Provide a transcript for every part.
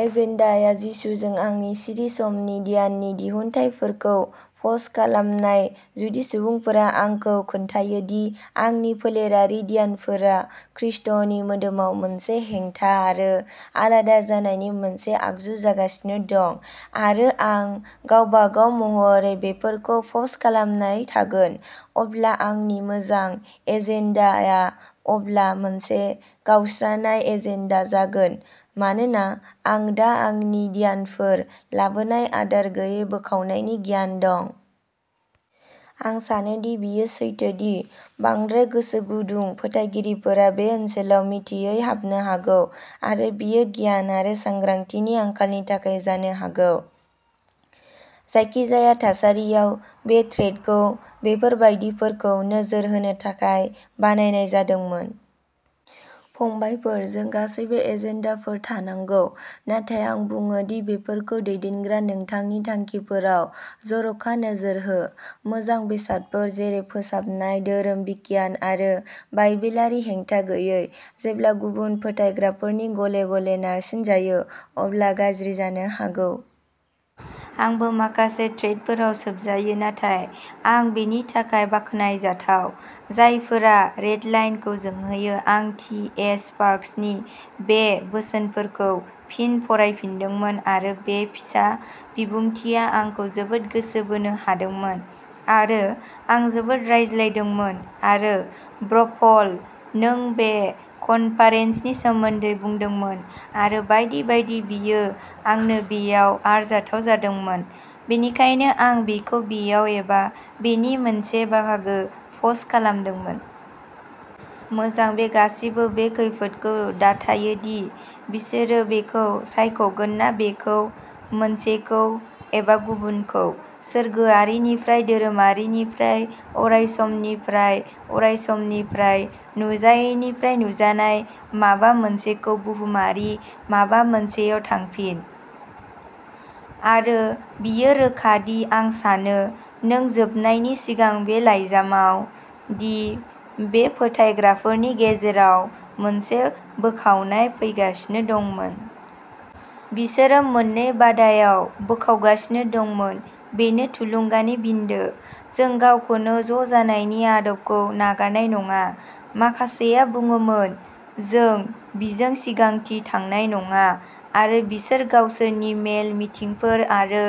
एजेन्डाआ जिसुजों आंनि सिरि समनि ध्याननि दिहुनथायफोरखौ पस्ट खालामनाय। जुदि सुबुंफोरा आंखौ खोन्थायो दि आंनि फोलेरारि ध्यानफोरा खृष्टनि मोदोमाव मोनसे हेंथा आरो आलादा जानायनि मोनसे आगजु जागासिनो दं, आरो आं गावबागाव महरै बेफोरखौ पस्ट खालामबाय थायो, अब्ला आंनि मोजां एजेन्डा आ अब्ला मोनसे गावस्रानाय एजेन्डा जागोन मानोना आं दा आंनि ध्यानफोरा लाबोनाय आदार गैयै बोखावनायनि गियान दं। आं सानो दि बेयो सैथो दि बांद्राय गोसोगुदुं फोथायगिरिफोरा बे ओनसोलाव मिथियै हाबनो हागौ, आरो बेयो गियान आरो सांग्रांथिनि आंखालनि थाखाय जानो हागौ। जायखिजाया थासारियाव, बे थ्रेडखौ बेबादिफोरखौ नोजोर होनो थाखाय बानायनाय जादोंमोन। फंबायफोर, जों गासैबो एजेन्डाफोर थानांगौ, नाथाय आं बुङो दि बेफोरखौ दैदेनग्रा नोंथांनि थांखिफोराव जर'खा नोजोर हो। मोजां बेसादफोर, जेरै फोसाबनाय धोरोम बिगियान आरो बाइबेलारि हेंथा गैयै, जेब्ला गुबुन फोथायग्राफोरनो गले-गले नारसिनजायो, अब्ला गाज्रि जानो हागौ। आंबो माखासे थ्रेडफोराव "सोबजायो", नाथाय आं बेनि थाखाय बाखनायथाव। जायफोरा रेडलाइटखौ जोंहोयो, आं टि. ए. स्पार्क्सनि बे बोसोनखौ फिन फरायफिनदोंमोन, आरो बे फिसा बिबुंथिआ आंखौ जोबोद गोसो बोनो हादोंमोन आरो आंनो जोबोद रायज्लायदोंमोन आरो ब्र'पल, नों बे कनफारेंसनि सोमोन्दै बुंदोंमोन आरो बायदि बायदि, बेयो आंनो बेयाव आरजाथाव जादोंमोन, बेनिखायनो आं बेखौ बेयाव एबा बेनि मोनसे बाहागो पस्ट खालामो। मोजां, बे गासैबो बे खैफोदखौ दाथायो दि बिसोरो बेखौ सायख'गोन ना बेखौ, मोनसेखौ एबा गुबुनखौ। सोरगोआरिनिफ्राय, धोरोमारिनिफ्राय, अरायसमनिफ्राय, अरायसमनिफ्राय, नुजायैनिफ्राय नुजानाय माबा मोनसेखौ बुहुमारि माबा मोनसेयाव थांफिन। आरो बेयो रोखा दि आं सानो, नों जोबनायनि सिगां बे लाइजामाव, दि बे फोथायग्राफोरनि गेजेराव मोनसे बोखावनाय फैगासिनो दंमोन। बिसोरो मोन्नै बादायाव बोखावगासिनो दंमोन। बेनो थुलुंगानि बिन्दो जों गावखौनो ज'जानायनि आदबखौ नागारनाय नङा। माखासेआ बुङोमोन, जों बेजों सिगांथिं थांनाय नङा आरो बिसोर गावसोरनि मेल-मिथिंफोर आरो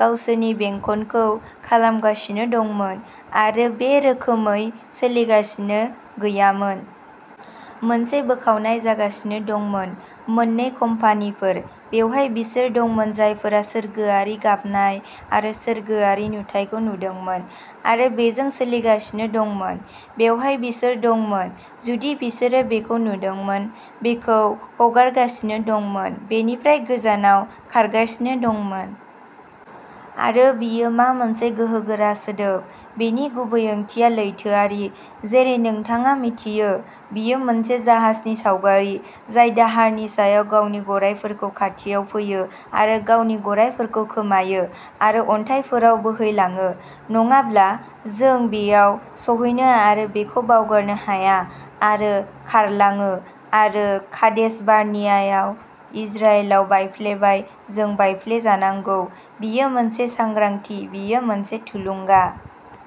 गावसोरनि बेंखनखौ खालामगासिनो दंमोन आरो बे रोखोमै सोलिगासिनो गैयामोन। मोनसे बोखावनाय जागासिनो दंमोन, मोननै कम्पानिफोर। बेवहाय बिसोर दंमोन जायफोरा सोरगोआरि गाबनाय आरो सोरगोआरि नुथायखौ नुदोंमोन आरो बेजों सोलिगासिनो दंमोन, बेवहाय बिसोर दंमोन, जुदि बिसोरो बेखौ नुदोंमोन, बेखौ हगारगासिनो दंमोन, बेनिफ्राय गोजानाव खारगासिनो दंमोन। आरो बेयो मा मोनसे गोहोगोरा सोदोब। बेनि गुबै ओंथिया लैथोआरि, जेरै नोंथाङा मिथियो। बेयो मोनसे जाहाजनि सावगारि जाय दाहारनि सायाव गावनि गरायफोरखौ खाथियाव फैयो आरो गावनि गरायफोरखौ खोमायो आरो अन्थाइफोराव बोहैलाङो। नङाब्ला जों बेयाव सौहैयो आरो बेखौ बावगारनो हाया आरो खारलाङो आरो कादेश बार्नियायाव इजराइलआ बायफ्लेबाय, जों बायफ्लेजानांगौ। बेयो मोनसे सांग्रांथि, बेयो मोनसे थुलुंगा।